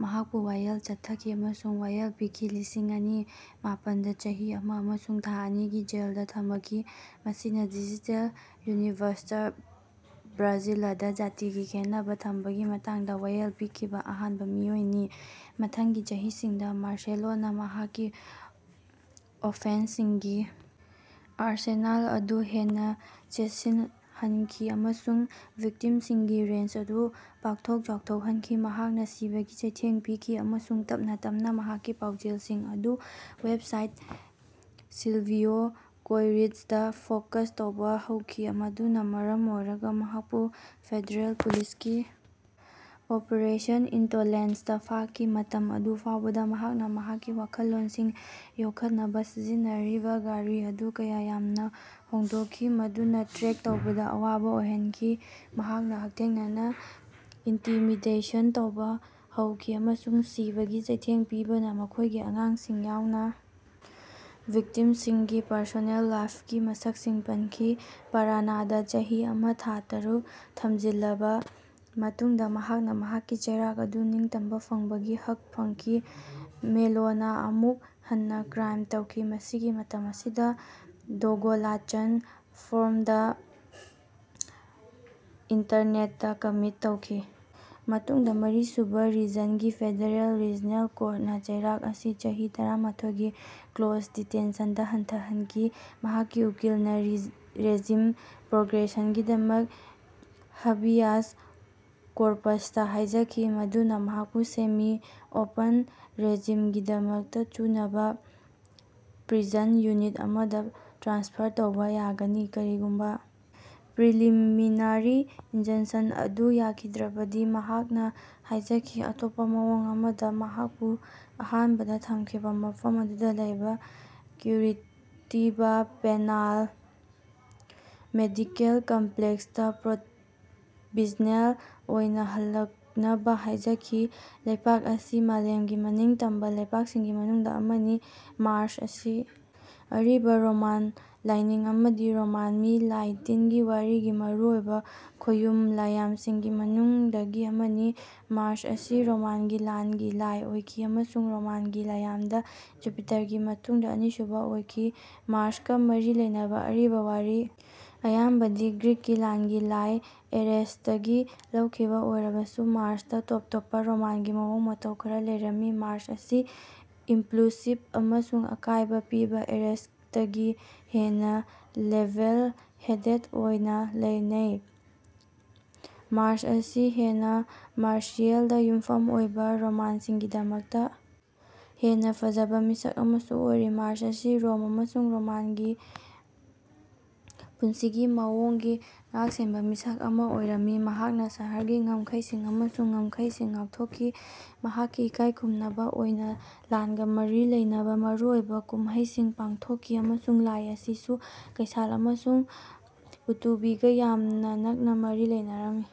ꯃꯍꯥꯛꯄꯨ ꯋꯥꯌꯦꯜ ꯆꯠꯊꯈꯤ ꯑꯃꯁꯨꯡ ꯋꯥꯌꯦꯜ ꯄꯤꯈꯤ ꯂꯤꯁꯤꯡ ꯑꯅꯤ ꯃꯥꯄꯟꯗ ꯆꯍꯤ ꯑꯃꯥ ꯑꯃꯁꯨꯡ ꯊꯥ ꯑꯅꯤꯒꯤ ꯖꯦꯜꯗꯥ ꯊꯃꯈꯤ ꯃꯁꯤꯅꯥ ꯗꯤꯖꯤꯇꯦꯜ ꯌꯨꯅꯤꯚꯔꯁꯇꯥ ꯕ꯭ꯔꯥꯖꯤꯂꯗꯥ ꯖꯥꯇꯤꯒꯤ ꯈꯦꯟꯅꯕꯥ ꯊꯝꯕꯒꯤ ꯃꯇꯥꯡꯗꯥ ꯋꯥꯌꯦꯜ ꯄꯤꯈꯤꯕꯥ ꯑꯍꯥꯟꯕꯥ ꯃꯤꯑꯣꯏꯅꯤ꯫ ꯃꯊꯪꯒꯤ ꯆꯍꯤꯁꯤꯡꯗꯥ ꯃꯥꯔꯁꯦꯂꯣꯅꯥ ꯃꯍꯥꯛꯀꯤ ꯑꯣꯐꯦꯟꯁꯁꯤꯡꯒꯤ ꯑꯥꯔꯁꯦꯅꯥꯜ ꯑꯗꯨ ꯍꯦꯟꯅꯥ ꯆꯦꯠꯁꯤꯜꯍꯟꯈꯤ ꯑꯃꯁꯨꯡ ꯚꯤꯛꯇꯤꯝꯁꯤꯡꯒꯤ ꯔꯦꯟꯖ ꯑꯗꯨ ꯄꯥꯛꯊꯣꯛ ꯆꯥꯎꯊꯣꯛꯍꯟꯈꯤ꯫ ꯃꯍꯥꯛꯅꯥ ꯁꯤꯕꯒꯤ ꯆꯩꯊꯦꯡ ꯄꯤꯈꯤ ꯑꯃꯁꯨꯡ ꯇꯞꯅꯥ ꯇꯞꯅꯥ ꯃꯍꯥꯛꯀꯤ ꯄꯥꯎꯖꯦꯜꯁꯤꯡ ꯑꯗꯨ ꯋꯦꯕꯁꯥꯏꯠ ꯁꯤꯜꯚꯤꯑꯣ ꯀꯣꯏꯔꯤꯆ ꯗꯥ ꯐꯣꯀꯁ ꯇꯧꯕꯥ ꯍꯧꯈꯤ ꯃꯗꯨꯅꯥ ꯃꯔꯝ ꯑꯣꯏꯔꯒꯥ ꯃꯍꯥꯛꯄꯨ ꯐꯦꯗꯔꯦꯜ ꯄꯨꯂꯤꯁꯀꯤ ꯑꯣꯄꯔꯦꯁꯟ ꯏꯟꯇꯣꯂꯦꯟꯁꯇꯥ ꯐꯥꯈꯤ꯫ ꯃꯇꯝ ꯑꯗꯨ ꯐꯥꯎꯕꯗꯥ ꯃꯍꯥꯛꯅꯥ ꯃꯍꯥꯛꯀꯤ ꯋꯥꯈꯜꯂꯣꯟꯁꯤꯡ ꯌꯣꯛꯈꯠꯅꯕꯥ ꯁꯤꯖꯤꯟꯅꯔꯤꯕꯥ ꯒꯥꯔꯤ ꯑꯗꯨ ꯀꯌꯥ ꯌꯥꯝꯅꯥ ꯍꯣꯡꯗꯣꯛꯈꯤ ꯃꯗꯨꯅꯥ ꯇ꯭ꯔꯦꯛ ꯇꯧꯕꯗꯥ ꯑꯋꯥꯕꯥ ꯑꯣꯏꯍꯟꯈꯤ꯫ ꯃꯍꯥꯛꯅꯥ ꯍꯛꯊꯦꯡꯅꯅꯥ ꯏꯟꯇꯤꯃꯤꯗꯦꯁꯟ ꯇꯧꯕꯥ ꯍꯧꯈꯤ ꯑꯃꯁꯨꯡ ꯁꯤꯕꯒꯤ ꯆꯩꯊꯦꯡ ꯄꯤꯕꯅꯥ ꯃꯈꯣꯏꯒꯤ ꯑꯉꯥꯡꯁꯤꯡ ꯌꯥꯎꯅꯥ ꯚꯤꯛꯇꯤꯝꯁꯤꯡꯒꯤ ꯄꯔꯁꯣꯅꯦꯜ ꯂꯥꯏꯐꯀꯤ ꯃꯁꯛꯁꯤꯡ ꯄꯟꯈꯤ꯫ ꯄꯥꯔꯥꯅꯥꯗꯥ ꯆꯍꯤ ꯑꯃꯥ ꯊꯥ ꯇꯔꯨꯛ ꯊꯝꯖꯤꯜꯂꯕꯥ ꯃꯇꯨꯡꯗꯥ ꯃꯍꯥꯛꯅꯥ ꯃꯍꯥꯛꯀꯤ ꯆꯩꯔꯥꯛ ꯑꯗꯨ ꯅꯤꯡꯇꯝꯕꯥ ꯐꯪꯕꯒꯤ ꯍꯛ ꯐꯪꯈꯤ꯫ ꯃꯦꯂꯣꯅꯥ ꯑꯃꯨꯛ ꯍꯟꯅꯥ ꯀ꯭ꯔꯥꯏꯝ ꯇꯧꯈꯤ ꯃꯁꯤꯒꯤ ꯃꯇꯝ ꯑꯁꯤꯗꯥ ꯗꯣꯒꯣꯂꯥꯆꯟ ꯐꯣꯔꯝꯗꯥ ꯏꯟꯇꯔꯅꯦꯠꯇꯥ ꯀꯃꯤꯠ ꯇꯧꯈꯤ꯫ ꯃꯇꯨꯡꯗꯥ ꯃꯔꯤꯁꯨꯕꯥ ꯔꯤꯖꯟꯒꯤ ꯐꯦꯗꯔꯦꯜ ꯔꯤꯖꯅꯦꯜ ꯀꯣꯔꯠꯅꯥ ꯆꯩꯔꯥꯛ ꯑꯁꯤ ꯆꯍꯤ ꯇꯔꯥꯃꯥꯊꯣꯏꯒꯤ ꯀ꯭ꯂꯣꯖ ꯗꯤꯇꯦꯟꯁꯟꯗꯥ ꯍꯟꯊꯍꯟꯈꯤ꯫ ꯃꯍꯥꯛꯀꯤ ꯎꯀꯤꯜꯅꯥ ꯔꯦꯖꯤꯝ ꯄ꯭ꯔꯣꯒ꯭ꯔꯦꯁꯟꯒꯤꯗꯃꯛ ꯍꯕꯤꯌꯥꯁ ꯀꯣꯔꯄꯁꯇꯥ ꯍꯥꯏꯖꯈꯤ ꯃꯗꯨꯅꯥ ꯃꯍꯥꯛꯄꯨ ꯁꯦꯃꯤ ꯑꯣꯄꯟ ꯔꯦꯖꯤꯝꯒꯤꯗꯃꯛꯇꯥ ꯆꯨꯅꯕꯥ ꯄ꯭ꯔꯤꯖꯟ ꯌꯨꯅꯤꯠ ꯑꯃꯗꯥ ꯇ꯭ꯔꯥꯟꯁꯐꯔ ꯇꯧꯕꯥ ꯌꯥꯒꯅꯤ꯫ ꯀꯔꯤꯒꯨꯝꯕꯥ ꯄ꯭ꯔꯤꯂꯤꯃꯤꯅꯥꯔꯤ ꯏꯟꯖꯟꯁꯟ ꯑꯗꯨ ꯌꯥꯈꯤꯗ꯭ꯔꯕꯗꯤ ꯃꯍꯥꯛꯅꯥ ꯍꯥꯏꯖꯈꯤ ꯑꯇꯣꯞꯄꯥ ꯃꯑꯣꯡ ꯑꯃꯗꯥ ꯃꯍꯥꯛꯄꯨ ꯑꯍꯥꯟꯕꯗꯥ ꯊꯝꯈꯤꯕꯥ ꯃꯐꯝ ꯑꯗꯨꯗꯥ ꯂꯩꯕꯥ ꯀ꯭ꯌꯨꯔꯤꯇꯤꯕꯥ ꯄꯦꯅꯥꯜ ꯃꯦꯗꯤꯀꯦꯜ ꯀꯝꯄ꯭ꯂꯦꯛꯁꯇꯥ ꯄ꯭ꯔꯣꯕꯤꯖꯅꯦꯜ ꯑꯣꯏꯅꯥ ꯍꯜꯂꯛꯅꯕꯥ ꯍꯥꯏꯖꯈꯤ꯫ ꯂꯩꯄꯥꯛ ꯑꯁꯤ ꯃꯥꯂꯦꯝꯒꯤ ꯃꯅꯤꯡ ꯇꯝꯕ ꯂꯩꯄꯥꯛꯁꯤꯡꯒꯤ ꯃꯅꯨꯡꯗ ꯑꯃꯅꯤ꯫ ꯃꯥꯔ꯭ꯁ ꯑꯁꯤ ꯑꯔꯤꯕ ꯔꯣꯃꯥꯟ ꯂꯥꯢꯅꯤꯡ ꯑꯃꯗꯤ ꯔꯣꯃꯥꯟ ꯃꯤ ꯂꯥꯢ ꯇꯤꯟꯒꯤ ꯋꯥꯔꯤꯒꯤ ꯃꯔꯨ ꯑꯣꯢꯕ ꯈꯣꯌꯨꯝ ꯂꯥꯢꯌꯥꯝꯁꯤꯡꯒꯤ ꯃꯅꯨꯡꯗꯒꯤ ꯑꯃꯅꯤ꯫ ꯃꯥꯔ꯭ꯁ ꯑꯁꯤ ꯔꯣꯃꯥꯟꯒꯤ ꯂꯥꯟꯒꯤ ꯂꯥꯏ ꯑꯣꯏꯈꯤ ꯑꯃꯁꯨꯡ ꯔꯣꯃꯥꯟꯒꯤ ꯂꯥꯏꯌꯥꯝꯗ ꯖꯨꯄꯤꯇꯔꯒꯤ ꯃꯇꯨꯡꯗ ꯑꯅꯤꯁꯨꯕ ꯑꯣꯏꯈꯤ꯫ ꯃꯥꯔ꯭ꯁꯀ ꯃꯔꯤ ꯂꯩꯅꯕ ꯑꯔꯤꯕ ꯋꯥꯔꯤ ꯑꯌꯥꯝꯕꯗꯤ ꯒ꯭ꯔꯤꯛꯀꯤ ꯂꯥꯟꯒꯤ ꯂꯥꯏ ꯑꯦꯔꯦꯁꯇꯒꯤ ꯂꯧꯈꯤꯕ ꯑꯣꯏꯔꯕꯁꯨ ꯃꯥꯔ꯭ꯁꯇ ꯇꯣꯞ-ꯇꯣꯞꯄ ꯔꯣꯃꯥꯟꯒꯤ ꯃꯑꯣꯡ ꯃꯇꯧ ꯈꯔ ꯂꯩꯔꯝꯃꯤ꯫ ꯃꯥꯔ꯭ꯁ ꯑꯁꯤ ꯏꯝꯄ꯭ꯂꯨꯁꯤꯕ ꯑꯃꯁꯨꯡ ꯑꯀꯥꯏꯕ ꯄꯤꯕ ꯑꯦꯔꯦꯁꯇꯒꯤ ꯍꯦꯟꯅ ꯂꯦꯚꯦꯜ ꯍꯦꯗꯦꯗ ꯑꯣꯏꯅ ꯂꯧꯅꯩ꯫ ꯃꯥꯔ꯭ꯁ ꯑꯁꯤ ꯍꯦꯟꯅ ꯃꯥꯔꯁꯤꯌꯦꯜꯗ ꯌꯨꯝꯐꯝ ꯑꯣꯏꯕ ꯔꯣꯃꯥꯟꯁꯤꯡꯒꯤꯗꯃꯛꯇ ꯍꯦꯟꯅ ꯐꯖꯕ ꯃꯤꯁꯛ ꯑꯃꯁꯨ ꯑꯣꯏꯔꯤ꯫ ꯃꯥꯔ꯭ꯁ ꯑꯁꯤ ꯔꯣꯝ ꯑꯃꯁꯨꯡ ꯔꯣꯃꯥꯟꯒꯤ ꯄꯨꯟꯁꯤꯒꯤ ꯃꯑꯣꯡꯒꯤ ꯉꯥꯛꯁꯦꯟꯕ ꯃꯤꯁꯛ ꯑꯃ ꯑꯣꯏꯔꯝꯃꯤ꯫ ꯃꯍꯥꯛꯅ ꯁꯍꯔꯒꯤ ꯉꯝꯈꯩꯁꯤꯡ ꯑꯃꯁꯨꯡ ꯉꯝꯈꯩꯁꯤꯡ ꯉꯥꯛꯊꯣꯛꯈꯤ꯫ ꯃꯍꯥꯛꯀꯤ ꯏꯀꯥꯏꯈꯨꯝꯅꯕ ꯑꯣꯏꯅ ꯂꯥꯟꯒ ꯃꯔꯤ ꯂꯩꯅꯕ ꯃꯔꯨꯑꯣꯏꯕ ꯀꯨꯝꯍꯩꯁꯤꯡ ꯄꯥꯡꯊꯣꯛꯈꯤ ꯑꯃꯁꯨꯡ ꯂꯥꯏ ꯑꯁꯤꯁꯨ ꯀꯩꯁꯥꯜ ꯑꯃꯁꯨꯡ ꯎꯇꯨꯕꯤꯒ ꯌꯥꯝꯅ ꯅꯛꯅ ꯃꯔꯤ ꯂꯩꯅꯔꯝꯃꯤ꯫